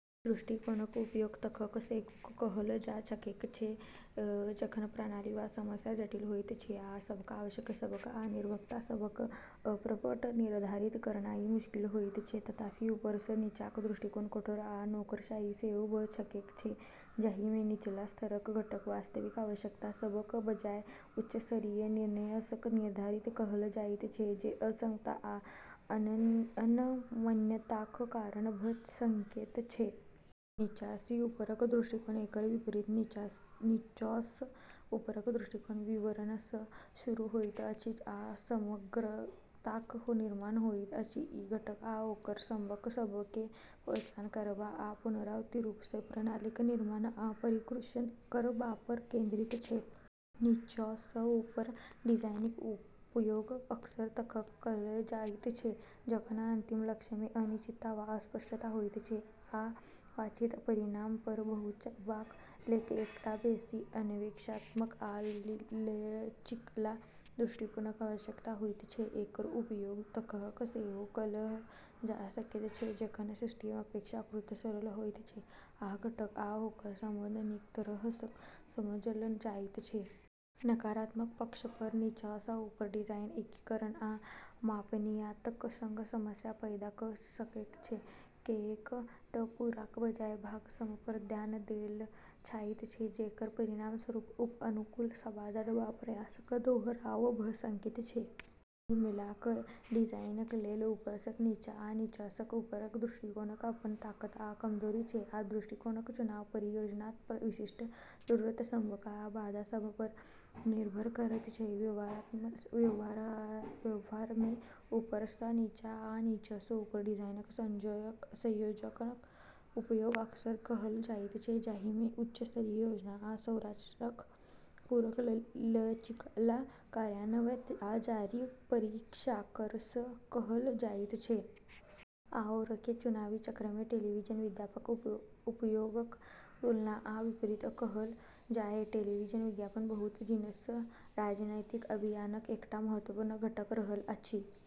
ई दृष्टिकोणक उपयोग तखन सेहो कएल जा सकैत छै जखन प्रणाली वा समस्या जटिल होइत छै, आ सबटा आवश्यकता सभक आ निर्भरता सभक अपफ्रंट निर्धारित करनाइ मुश्किल होइत छै। तथापि, ऊपरसँ नीचाक दृष्टिकोण कठोर आ नौकरशाही सेहो भऽ सकैत छै, जाहिमे निचला स्तरक घटक वास्तविक आवश्यकता सभक बजाय उच्च स्तरीय निर्णयसँ निर्धारित कएल जाइत छै, जे अक्षमता आ अनम्यताक कारण भऽ सकैत छै। नीचाँसँ ऊपरक दृष्टिकोण: एकर विपरीत नीचाँसँ ऊपरक दृष्टिकोण विवरणसँ शुरू होइत अछि आ समग्रताक निर्माण होइत अछि। ई घटक आ ओकर संबंध सभकेँ पहचान करबा आ पुनरावर्ती रूपसँ प्रणालीक निर्माण आ परिष्कृत करबापर केंद्रित छै। नीचाँसँ ऊपर डिजाइनक उपयोग अक्सर तखन कएल जाइत छै जखन अंतिम लक्ष्यमे अनिश्चितता वा अस्पष्टता होइत छै, आ वांछित परिणामपर पहुँचबाक लेल एकटा बेसी अन्वेषणात्मक आ लचीला दृष्टिकोणक आवश्यकता होइत छै। एकर उपयोग तखन सेहो कएल जा सकैत छै जखन सिस्टम अपेक्षाकृत सरल होइत छै, आ घटक आ ओकर संबंध नीक तरहसँ समझल जाइत छै। नकारात्मक पक्षपर, नीचाँसँ ऊपर डिजाइन एकीकरण आ मापनीयताक संग समस्या पैदा कऽ सकैत छै, किऐक तऽ पूराक बजाय भाग सभपर ध्यान देल जाइत छै, जेकर परिणामस्वरूप उप-अनुकूल समाधान वा प्रयासक दोहराव भऽ सकैत छै। कुल मिला कऽ, डिजाइनक लेल ऊपरसँ नीचा आ नीचासँ ऊपरक दृष्टिकोणक अपन ताकत आ कमजोरी छै, आ दृष्टिकोणक चुनाव परियोजनाक विशिष्ट जरूरत सभक आ बाधा सभपर निर्भर करैत छै। व्यवहारमे, ऊपरसँ नीचा आ नीचासँ ऊपर डिजाइनक संयोजनक उपयोग अक्सर कएल जाइत छै, जाहिमे उच्च स्तरीय योजना आ संरचनाक पूरक लचीला कार्यान्वयन आ जारी परिष्कारसँ कएल जाइत छै। आओरके चुनावी चक्रमे टेलीविजन विज्ञापनक उपयोगक तुलना आ विपरीत कएल जाय। टेलीविजन विज्ञापन बहुत दिनसँ राजनीतिक अभियानक एकटा महत्वपूर्ण घटक रहल अछि।